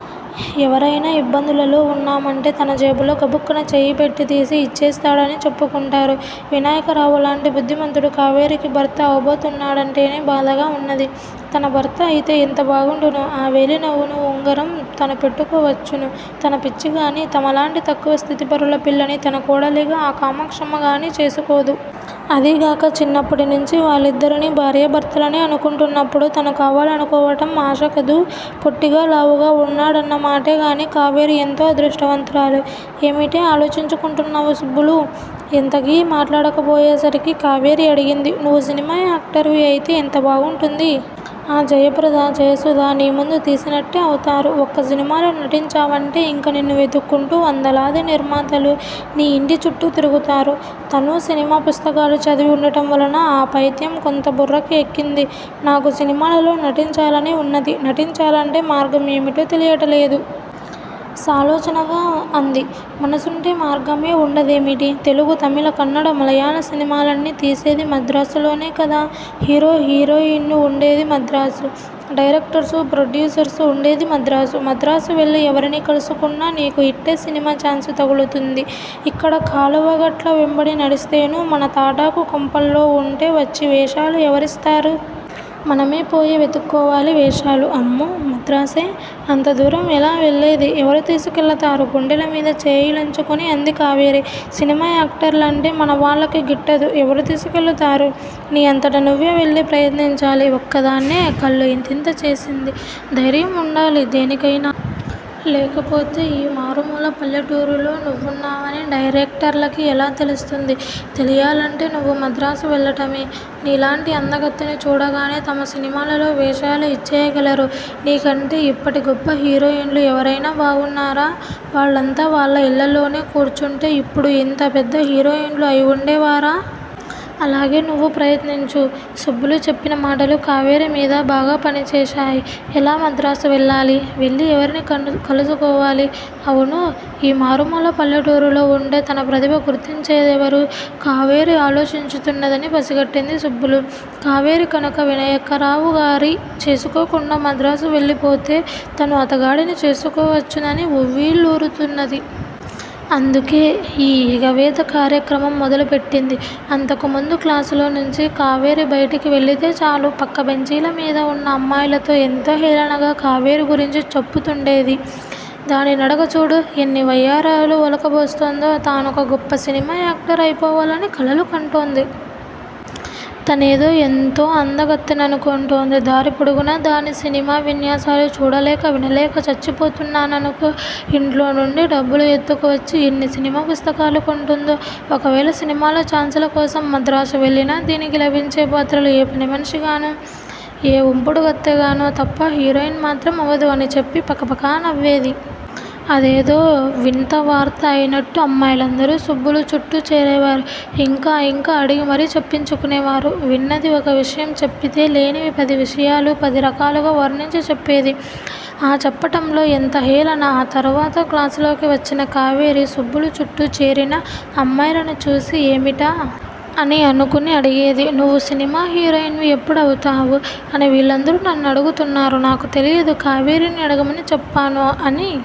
ఎవరయినా యిబ్బందులలో వున్నామంటే తన జేబులో గబుక్కున చెయ్యి పెట్టి తీసి యిచ్చేస్తాడని చెప్పుకుంటారు. వినాయకరావులాంటి బుద్దిమంతుడు కావేరికి భర్త అవబోతున్నాడంటేనే బాధగా వున్నది. తన భర్త అయితే ఎంత బాగుండును? ఆ వేలినవున్న ఉంగరం తను పెట్టుకోవచ్చును. తన పిచ్చి గానీ! తమలాంటి తక్కువ స్థితి పరుల పిల్లని తన కోడలిగా ఆ కామాక్షమ్మ గానీ చేసుకోదు! అదీ గాక చిన్నప్పటి నుంచీ వాళ్ళిద్దరినీ భార్యా భర్తలనే అనుకుంటున్నప్పుడు తను కావాలనుకోవటం ఆశ కదూ? పొట్టిగా లావుగా వున్నాడన్నమాటే గాని కావేరి ఎంతో అదృష్టవంతురాలు. ఏమిటే ఆలోచించుకుంటున్నావు సుబ్బులూ? ఎంతకీ మాట్లాడకపోయే సరికి కావేరి అడిగింది. నువ్వు సినిమా యాక్టర్ వి అయితే ఎంత బాగుంటుంది? ఆ జయప్రద-జయసుధ నీముందు తీసినట్టే అవుతారు. ఒక్క సినిమాలో నటించావంటే యింక నిన్ను వెతుక్కుంటూ వందలాది నిర్మాతలు నీ యింటి చుట్టూ తిరుగుతారు. తనూ సినిమా పుస్తకాలు చదివి వుండటం వలన ఆపైత్యం కొంత బుర్రకి ఎక్కింది. నాకు సినిమాలలో నటించాలనే వున్నది. నటించాలంటే మార్గం ఏమిటో తెలియుట లేదు. సాలోచనగా అంది. మనసుంటే మార్గమే వుండదేమిటి? తెలుగు, తమిళ, కన్నడ, మళయాళ సినిమాలన్నీ తీసేది మద్రాసులోనే కదా? హీరో, హీరోయిన్ను వుండేది మద్రాసు. డైరెక్టర్సు, ప్రొడ్యూసర్సు వుండేది మద్రాసు! మద్రాసు వెళ్ళి ఎవరిని కలుసుకున్నా నీకు యిట్టే సినిమా ఛాన్సు తగులుతుంది. యిక్కడ కాలువగట్ల వెంబడి నడిస్తేను-మన తాటాకు కొంపల్లో వుంటే వచ్చి వేషాలు ఎవరిస్తారు? మనమే పోయి వెతుక్కోవాలి వేషాలు! అమ్మో! మద్రాసే? అంత దూరం ఎలా వెళ్లేది? ఎవరు తీసుకెళ్ళతారు? గుండెలమీద చేతులుంచుకుని అంది కావేరి. సినిమా యాక్టర్లంటే మన వాళ్ళకి గిట్టదు ఎవరు తీసుకెళ్ళుతారు? నీ అంతట నువ్వే వెళ్ళి ప్రయత్నించాలి! ఒక్కదాన్నే? కళ్ళు యింతింత చేసింది. ధైర్యం వుండాలి దేనికయినాను! లేకపోతే ఈ మారుమూల పల్లెటూరిలో నువ్వున్నావని డైరెక్టర్లకి ఎలా తెలుస్తుంది? తెలియాలంటే నువ్వు మద్రాసు వెళ్ళటమే! నీలాంటి అందగత్తెను చూడగానే తమ సినిమాలలో వేషాలు యిచ్చేయగలరు? నీకంటే యిప్పటి గొప్ప హీరోయిన్ లు ఎవరయినా బాగున్నారా? వాళ్ళంతా వాళ్ళయిళ్ళల్లోనే కూర్చుంటే యిప్పుడు యింత పెద్ద హీరోయిన్ లు అయివుండే వారా? అలాగే నువ్వు ప్రయత్నించు! సుబ్బులు చెప్పిన మాటలు కావేరి మీద బాగా పనిచేశాయి. ఎలా మద్రాసు వెళ్ళాలి? వెళ్ళి ఎవరిని కలుసుకోవాలి? అవునూ! ఈ మారుమూల పల్లెటూరిలో వుంటే తన ప్రతిభ గుర్తించేదెవరు? కావేరి ఆలోచించుతున్నదని పసిగట్టింది సుబ్బులు! కావేరి కనుక వినాయకరావుని చేసుకోకుండా మద్రాసు వెళ్ళిపోతే తను అతగాడిని చేసుకోవచ్చునని ఉవ్విళ్ళూరుతున్నది. అందుకే ఈ ఎగవేత కార్యక్రమం మొదలుపెట్టింది. అంతకుముందు క్లాసులో నుంచి కావేరి బైటికి వెళ్ళితే చాలు! పక్క బెంచీల మీద వున్న అమ్మాయిలతో ఎంతో హేళనగా కావేరి గురించి చెప్పుతుండేది! దాని నడక చూడు? ఎన్ని వయ్యారాలు వలుకబోస్తుందో? తానొక గొప్ప సినిమా యాక్టర్ అయిపోవాలని కలలు కంటోంది. తనేదో ఎంతో అందగత్తెననుకుంటోంది దారి పొడుగునా దాని సినిమా విన్యాసాలు చూడలేక వినలేక చచ్చిపోతున్నాననుకో! యింట్లో నుండి డబ్బులు ఎత్తుకు వచ్చి ఎన్ని సినిమా పుస్తకాలు కొంటుందో? ఒకవేళ సినిమాలో చాన్సుల కోసం మద్రాసు వెళ్ళినా దీనికి లభించే పాత్రలు ఏ పని మనిషిగానో? ఏ ఉంపుడుకత్తెగానో తప్ప హీరోయిన్ మాత్రం అవదు అని చెప్పి పక పకా నవ్వేది! అదేదో విన్త వార్త అయినట్టు అమ్మాయిలందరూ సుబ్బులు చుట్టూ చేరేవారు. యింకా యింకా అడిగి మరి చెప్పించుకునేవారు. విన్నది ఒక విషయం చెప్పితే లేనివి పది విషయాలు పది రకాలుగా వర్ణించి చెప్పేది. ఆ చెప్పటంలో ఎంతో హేళన! ఆ తరువాత క్లాసులోకి వచ్చిన కావేరి సుబ్బులు చుట్టూ చేరినా అమ్మాయిలను చూసి ఏమిటా? అని అనుకుని అడిగేది! నువ్వు సినిమా హీరోయిన్ వి ఎప్పుడు అవుతావు? అని వీళ్ళందరూ నన్ను అడుగుతున్నారు నాకు తెలియదు! కావేరినీ అడగమని చెప్పాను! అని